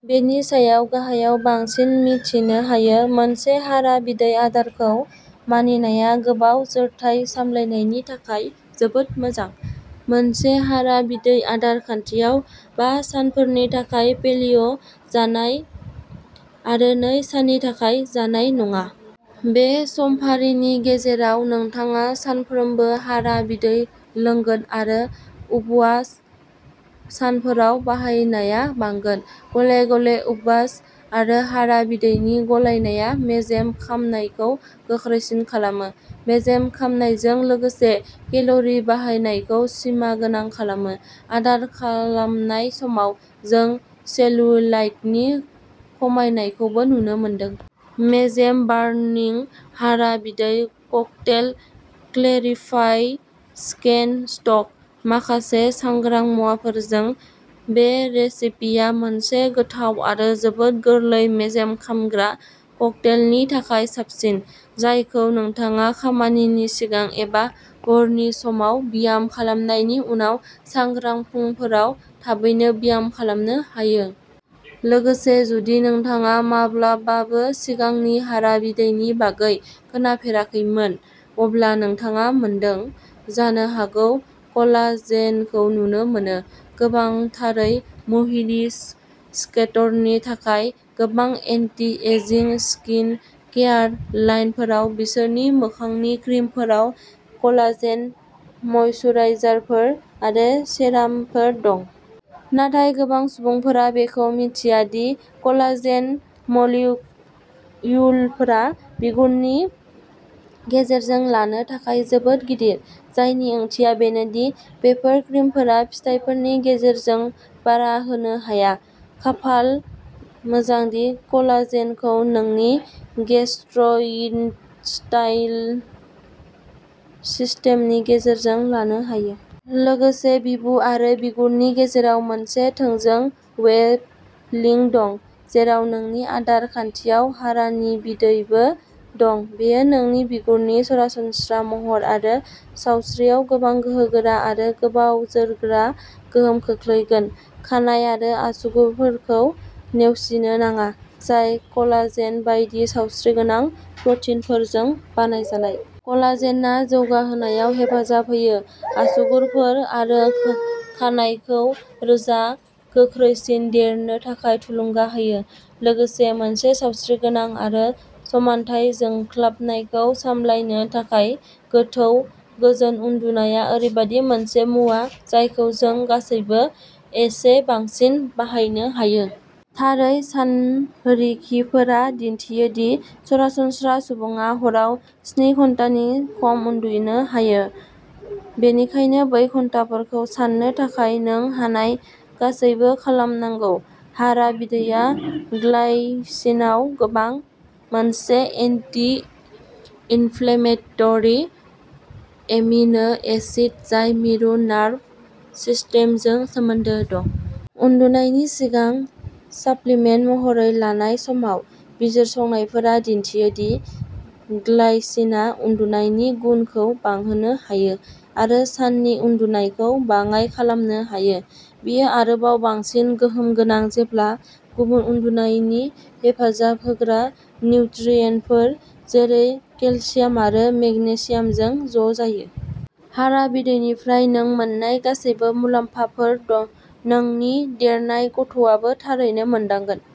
बेनि सायाव गाहायाव बांसिन मिथिनो हायो। मोनसे हारा बिदै आदारखौ मानिनाया गोबाव जोरथाय सामलायनायनि थाखाय जोबोद मोजां। मोनसे हारा बिदै आदार खान्थियाव बा सानफोरनि थाखाय पेलिय' जानाय आरो नै साननि थाखाय जानाय नङा। बे समफारिनि गेजेराव नोंथाङा सानफ्रोमबो हारा बिदै लोंगोन आरो उपबास सानफोराव बाहायनाया बांगोन। गले गले उपबास आरो हारा बिदैनि गलायनाया मेजेम खामनायखौ गोख्रैसिन खालामो, मेजेम खामनायजों लोगोसे केल'रि बाहायनायखौ सिमा गोनां खालामो। आदार खालामनाय समाव, जों सेल्युलाइटनि खमायनायखौबो नुनो मोनदों। मेजेम बार्निं हारा बिदै ककटेल क्लेरिफाइ चिकेन स्टक। माखासे सांग्रां मुवाफोरजों, बे रेसिपिया मोनसे गोथाव आरो जोबोद गोरलै मेजेम खामग्रा ककटेलनि थाखाय साबसिन, जायखौ नोंथाङा खामानिनि सिगां एबा हरनि समाव ब्याम खालामनायनि उनाव सांग्रां फुंफोराव थाबैनो ब्याम खालामनो हायो। लोगोसे जुदि नोंथाङा माब्लाबाबो सिगांनि हारा बिदैनि बागै खोनाफेराखैमोन, अब्ला नोंथाङा मोनदों। जानो हागौ कलाजेनखौ नुनो मोनो, गोबांथारै मुहिनि सेक्टरनि थाखाय। गोबां एन्टि एजिंग स्किन केयार लाइनफोराव बिसोरनि मोखांनि क्रिमफोराव कलाजेन, मइसुराइजारफोर, आरो सेरामफोर दं। नाथाय गोबां सुबुंफोरा बेखौ मिन्थिया दि कलाजेन मलिक्युलफोरा बिगुरनि गेजेरजों लानो थाखाय जोबोद गिदिर, जायनि ओंथिया बेनो दि बेफोर क्रिमफोरा फिथायफोरनि गेजेरजों बारा होनो हाया। खाफाल मोजां दि कलाजेनखौ नोंनि गेस्ट्र'इन्टेस्टाइनल सिस्टेमनि गेजेरजों लानो हायो। लोगोसे बिबु आरो बिगुरनि गेजेराव मोनसे थोंजों वेब लिंक दं, जेराव नोंनि आदार खान्थियाव हारानि बिदैबो दं, बेयो नोंनि बिगुरनि सरासनस्रा महर आरो सावस्रियाव गोबां गोहोगोरा आरो गोबाव जोरग्रा गोहोम खोख्लैगोन। खानाइ आरो आसुगुरफोरखौ नेवसिनो नाङा, जाय कलाजेन बायदि सावस्रिगोनां प्रटिनफोरजों बानायजानाय। कलाजेनआ जौगाहोनायाव हेफाजाब होयो। आसुगुरफोर, आरो खानायखौ रोजा, गोख्रैसिन देरनो थाखाय थुलुंगा होयो, लोगोसे मोनसे सावस्रिगोनां आरो समानथाय जोंख्लाबनायखौ सामलायनो थाखाय।। गोथौ, गोजोन उन्दुनाया ओरैबायदि मोनसे मुवा जायखौ जों गासैबो एसे बांसिन बाहायनो हायो। थारै, सानरिखिफोरा दिन्थियो दि सरासनस्रा सुबुङा हराव स्नि घन्टानि खम उन्दुनो हायो, बेनिखायनो बै घन्टाफोरखौ साननो थाखाय नों हानाय गासैबो खालामनांगौ। हारा बिदैया ग्लाइसिनआव गोबां, मोनसे एन्टि-इनफ्लेमेटरि एमिनो एसिड जाय मिरु नार्भ सिस्टेम जों सोमोन्दो दं। उन्दुनायनि सिगां साप्लिमेन्ट महरै लानाय समाव, बिजिरसंनायफोरा दिन्थियो दि ग्लाइसिनआ उन्दुनायनि गुनखौ बांहोनो हायो आरो साननि उनदुनायखौ बाङाइ खालामनो हायो। बेयो आरोबाव बांसिन गोहोम गोनां जेब्ला गुबुन उन्दुनायनि हेफाजाब होग्रा निउट्रियेन्टफोर, जेरै केलसियाम आरो मेगनेसियामजों ज'जायो। हारा बिदैनिफ्राय नों मोन्नाय गासैबो मुलाम्फाफोर, नोंनि देरनाय गथ'आबो थारैनो मोनदांगोन।